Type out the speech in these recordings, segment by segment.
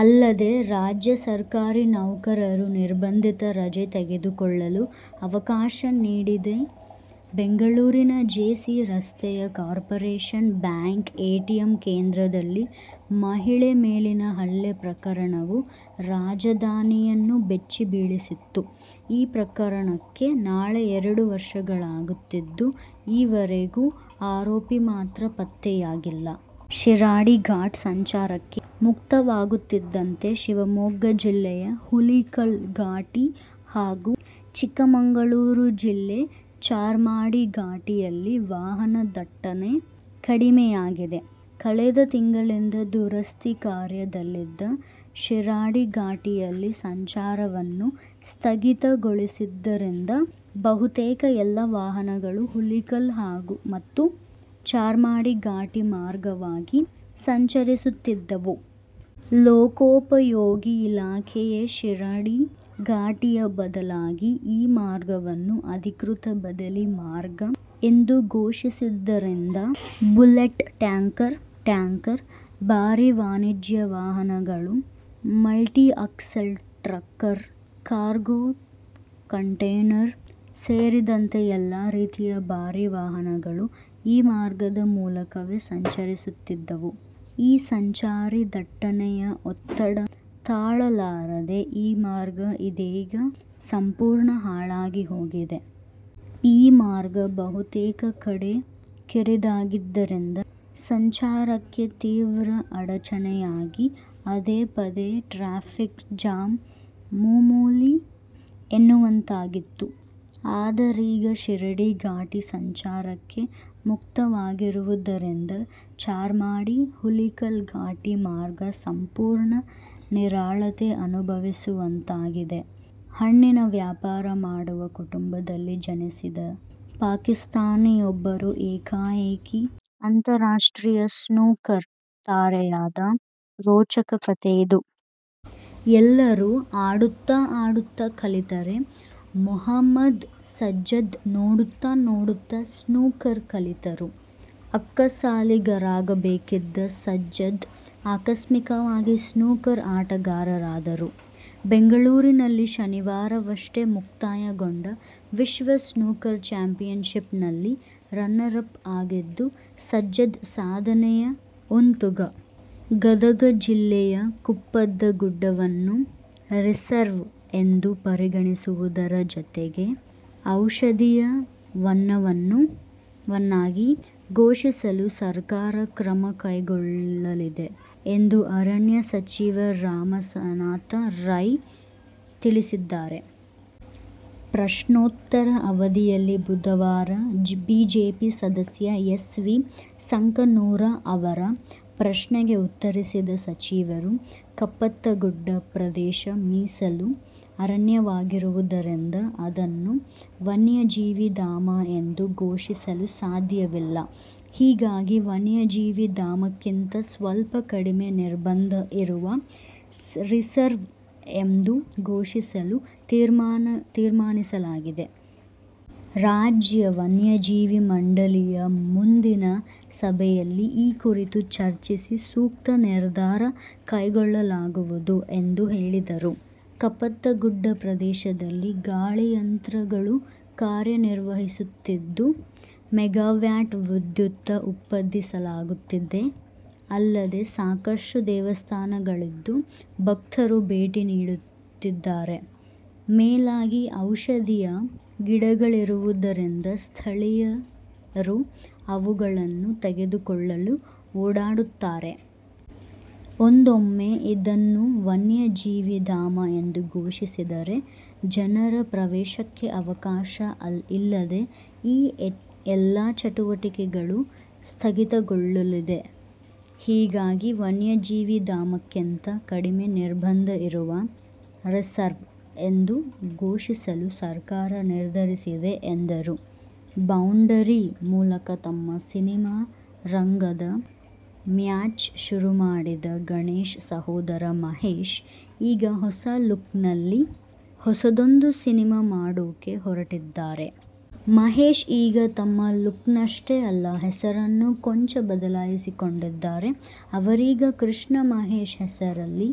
ಅಲ್ಲದೆ, ರಾಜ್ಯ ಸರ್ಕಾರಿ ನೌಕರರು ನಿರ್ಬಂಧಿತ ರಜೆ ತೆಗೆದುಕೊಳ್ಳಲು ಅವಕಾಶ ನೀಡಿದೆ. ಬೆಂಗಳೂರಿನ ಜೆ. ಸಿ. ರಸ್ತೆಯ ಕಾರ್ಪೊರೇಶನ್ ಬ್ಯಾಂಕ್ ಎಟಿಎಂ ಕೇಂದ್ರದಲ್ಲಿ ಮಹಿಳೆ ಮೇಲಿನ ಹಲ್ಲೆ ಪ್ರಕರಣವು ರಾಜಧಾನಿಯನ್ನು ಬೆಚ್ಚಿ ಬೀಳಿಸಿತ್ತು. ಈ ಪ್ರಕರಣಕ್ಕೆ ನಾಳೆ ಎರಡು ವರ್ಷಗಳಾಗುತ್ತಿದ್ದು ಇವರೆಗೂ ಆರೋಪಿ ಮಾತ್ರ ಪತ್ತೆಯಾಗಿಲ್ಲ. ಶಿರಾಡಿ ಘಾಟ್ ಸಂಚಾರಕ್ಕೆ ಮುಕ್ತವಾಗುತ್ತಿದ್ದಂತೆ ಶಿವಮೊಗ್ಗ ಜಿಲ್ಲೆಯ ಹುಲಿಕಲ್ ಘಾಟಿ ಹಾಗೂ ಚಿಕ್ಕಮಗಳೂರು ಜಿಲ್ಲೆ ಚಾರ್ಮಾಡಿ ಘಾಟಿಯಲ್ಲಿ ವಾಹನ ದಟ್ಟಣೆ ಕಡಿಮೆಯಾಗಿದೆ. ಕಳೆದ ತಿಂಗಳಿಂದ ದುರಸ್ತಿ ಕಾರ್ಯ ದಲ್ಲಿದ್ದ ಶಿರಾಡಿಘಾಟಿಯಲ್ಲಿ ಸಂಚಾರವನ್ನು ಸ್ಥಗಿತಗೊಳಿಸಿದ್ದರಿಂದ ಬಹುತೇಕ ಎಲ್ಲ ವಾಹನಗಳು ಹುಲಿಕಲ್ ಮತ್ತು ಚಾರ್ಮಾಡಿ ಘಾಟಿ ಮಾರ್ಗವಾಗಿ ಸಂಚರಿಸುತ್ತಿದ್ದವು. ಲೋಕೋಪಯೋಗಿ ಇಲಾಖೆಯೇ ಶಿರಾಡಿ ಘಾಟಿಯ ಬದಲಾಗಿ ಈ ಮಾರ್ಗವನ್ನು ಅಧಿಕೃತ ಬದಲಿ ಮಾರ್ಗ ಎಂದು ಘೋಷಿಸಿದ್ದರಿಂದ ಬುಲೆಟ್ ಟ್ಯಾಂಕರ್, ಟ್ಯಾಂಕರ್, ಭಾರಿ ವಾಣಿಜ್ಯ ವಾಹನಗಳು, multi axle trucker, cargo container ಸೇರಿದಂತೆ ಎಲ್ಲ ರೀತಿಯ ಭಾರೀ ವಾಹನಗಳು ಈ ಮಾರ್ಗದ ಮೂಲಕವೇ ಸಂಚರಿಸುತ್ತಿದ್ದವು. ಈ ಸಂಚಾರಿ ದಟ್ಟಣೆಯ ಒತ್ತಡ ತಾಳಲಾರದೆ ಈ ಮಾರ್ಗ ಇದೀಗ ಸಂಪೂರ್ಣ ಹಾಳಾಗಿ ಹೋಗಿದೆ. ಈ ಮಾರ್ಗ ಬಹುತೇಕ ಕಡೆ ಕಿರಿದಾಗಿದ್ದರಿಂದ ಸಂಚಾರಕ್ಕೆ ತೀವ್ರ ಅಡಚಣೆಯಾಗಿ ಪದೇ ಪದೆ ಟ್ರಾಫಿಕ್ ಜಾಮ್ ಮೂಮೂಲಿ ಎನ್ನುವಂತಾಗಿತ್ತು. ಆದರೀಗ ಶಿರಾಡಿ ಘಾಟಿ ಸಂಚಾರಕ್ಕೆ ಮುಕ್ತವಾಗಿರುವುದರಿಂದ ಚಾರ್ಮಾಡಿ, ಹುಲಿಕಲ್ ಘಾಟಿ ಮಾರ್ಗ ಸಂಪೂರ್ಣ ನಿರಾಳತೆ ಅನುಭವಿಸುವಂತಾಗಿದೆ. ಹಣ್ಣಿನ ವ್ಯಾಪಾರ ಮಾಡುವ ಕುಟುಂಬದಲ್ಲಿ ಜನಿಸಿದ ಪಾಕಿಸ್ತಾನಿಯೊಬ್ಬರು ಏಕಾಏಕಿ ಅಂತಾರಾಷ್ಟ್ರೀಯ ಸ್ನೂಕರ್ ತಾರೆಯಾದ ರೋಚಕ ಕಥೆಯಿದು. ಎಲ್ಲರೂ ಆಡುತ್ತಾ ಆಡುತ್ತಾ ಕಲಿತರೆ, ಮುಹಮ್ಮದ್ ಸಜ್ಜದ್ ನೋಡುತ್ತಾ ನೋಡುತ್ತಾ ಸ್ನೂಕರ್ ಕಲಿತರು. ಅಕ್ಕಸಾಲಿಗರಾಗಬೇಕಿದ್ದ ಸಜ್ಜದ್ ಆಕಸ್ಮಿಕವಾಗಿ ಸ್ನೂಕರ್ ಆಟಗಾರರಾದರು. ಬೆಂಗಳೂರಿನಲ್ಲಿ ಶನಿವಾರವಷ್ಟೇ ಮುಕ್ತಾಯಗೊಂಡ ವಿಶ್ವ ಸ್ನೂಕರ್ ಚಾಂಪಿಯನ್ಶಿಪ್ನಲ್ಲಿ ರನ್ನರ್ ಅಪ್ ಆದದ್ದು ಸಜ್ಜದ್ ಸಾಧನೆಯ ಉತ್ತುಂಗ! ಗದಗ ಜಿಲ್ಲೆಯ ಕಪ್ಪತಗುಡ್ಡವನ್ನು " ರಿಸರ್ವ್' ಎಂದು ಪರಿಗಣಿಸುವುದರ ಜತೆಗೆ ಔಷಧೀಯ ವನವನ್ನಾಗಿ ಘೋಷಿಸಲು ಸರ್ಕಾರ ಕ್ರಮ ಕೈಗೊಳ್ಳಲಿದೆ ಎಂದು ಅರಣ್ಯ ಸಚಿವ ರಮಾನಾಥ ರೈ ತಿಳಿಸಿದ್ದಾರೆ. ಪ್ರಶ್ನೋತ್ತರ ಅವಧಿಯಲ್ಲಿ ಬುಧವಾರ ಬಿಜೆಪಿ ಸದಸ್ಯ ಎಸ್. ವಿ. ಸಂಕನೂರ ಅವರ ಪ್ರಶ್ನೆಗೆ ಉತ್ತರಿಸಿದ ಸಚಿವರು, ಕಪ್ಪತಗುಡ್ಡ ಪ್ರದೇಶ ಮೀಸಲು ಅರಣ್ಯವಾಗಿರುವುದರಿಂದ ಅದನ್ನು ವನ್ಯಜೀವಿ ಧಾಮ ಎಂದು ಘೋಷಿಸಲು ಸಾಧ್ಯವಿಲ್ಲ. ಹೀಗಾಗಿ ವನ್ಯಜೀವಿ ಧಾಮಕ್ಕಿಂತ ಸ್ವಲ್ಪ ಕಡಿಮೆ ನಿರ್ಬಂಧ ಇರುವ " ರಿಸರ್ವ್' ಎಂದು ಘೋಷಿಸಲು ತೀರ್ಮಾನಿಸಲಾಗಿದೆ. ರಾಜ್ಯ ವನ್ಯಜೀವಿ ಮಂಡಳಿಯ ಮುಂದಿನ ಸಭೆಯಲ್ಲಿ ಈ ಕುರಿತು ಚರ್ಚಿಸಿ ಸೂಕ್ತ ನಿರ್ಧಾರ ಕೈಗೊಳ್ಳಲಾಗುವುದು ಎಂದು ಹೇಳಿದರು. ಕಪ್ಪತಗುಡ್ಡ ಪ್ರದೇಶದಲ್ಲಿ ಗಾಳಿಯಂತ್ರಗಳು ಕಾರ್ಯನಿರ್ವಹಿಸುತ್ತಿದ್ದು, ಮೆಗಾವ್ಯಾಟ್ ವಿದ್ಯುತ್ ಉತ್ಪಾದಿಸಲಾಗುತ್ತಿದೆ. ಅಲ್ಲದೆ, ಸಾಕಷ್ಟು ದೇವಸ್ಥಾನಗಳಿದ್ದು, ಭಕ್ತರು ಭೇಟಿ ನೀಡುತ್ತಿದ್ದಾರೆ. ಮೇಲಾಗಿ ಔಷಧೀಯ ಗಿಡಗಳಿರುವುದರಿಂದ ಸ್ಥಳೀಯರು ಅವುಗಳನ್ನು ತೆಗೆದುಕೊಳ್ಳಲು ಓಡಾಡುತ್ತಾರೆ. ಒಂದೊಮ್ಮೆ ಇದನ್ನು ವನ್ಯಜೀವಿ ಧಾಮ ಎಂದು ಘೋಷಿಸಿದರೆ ಜನರ ಪ್ರವೇಶಕ್ಕೆ ಅವಕಾಶ ಇಲ್ಲದೆ ಈ ಎಲ್ಲಾ ಚಟುವಟಿಕೆಗಳು ಸ್ಥಗಿತಗೊಳ್ಳಲಿವೆ. ಹೀಗಾಗಿ ವನ್ಯಜೀವಿ ಧಾಮಕ್ಕಿಂತ ಕಡಿಮೆ ನಿರ್ಬಂಧ ಇರುವ " ರಿಸರ್ವ್' ಎಂದು ಘೋಷಿಸಲು ಸರ್ಕಾರ ನಿರ್ಧರಿಸಿದೆ ಎಂದರು. "ಬೌಂಡರಿ' ಮೂಲಕ ತಮ್ಮ ಸಿನಿಮಾ ರಂಗದ ಮ್ಯಾಚ್ ಶುರುಮಾಡಿದ ಗಣೇಶ್ ಸಹೋದರ ಮಹೇಶ್, ಈಗ ಹೊಸ ಲುಕ್ನಲ್ಲಿ ಹೊಸದೊಂದು ಸಿನಿಮಾ ಮಾಡೋಕೆ ಹೊರಟಿದ್ದಾರೆ. ಮಹೇಶ್ ಈಗ ತಮ್ಮ ಲುಕ್ನಷ್ಟೇ ಅಲ್ಲ, ಹೆಸರನ್ನು ಕೊಂಚ ಬದಲಿಸಿಕೊಂಡಿದ್ದಾರೆ. ಅವರೀಗ ಕೃಷ್ಣ ಮಹೇಶ್ ಹೆಸರಲ್ಲಿ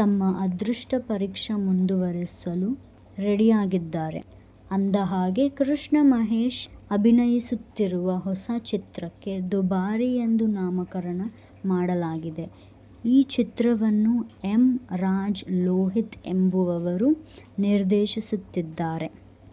ತಮ್ಮ ಅದೃಷ್ಟ ಪರೀಕ್ಷೆ ಮುಂದುವರೆಸಲು ರೆಡಿಯಾಗಿದ್ದಾರೆ. ಅಂದಹಾಗೆ, ಕೃಷ್ಣ ಮಹೇಶ್ ಅಭಿನಯಿಸುತ್ತಿರುವ ಹೊಸ ಚಿತ್ರಕ್ಕೆ "ದುಬಾರಿ' ಎಂದು ನಾಮಕರಣ ಮಾಡಲಾಗಿದೆ. ಈ ಚಿತ್ರವನ್ನು ಎಂ. ರಾಜ್ ಲೋಹಿತ್ ಎಂಬುವವರು ನಿರ್ದೇಶಿಸುತ್ತಿದ್ದಾರೆ.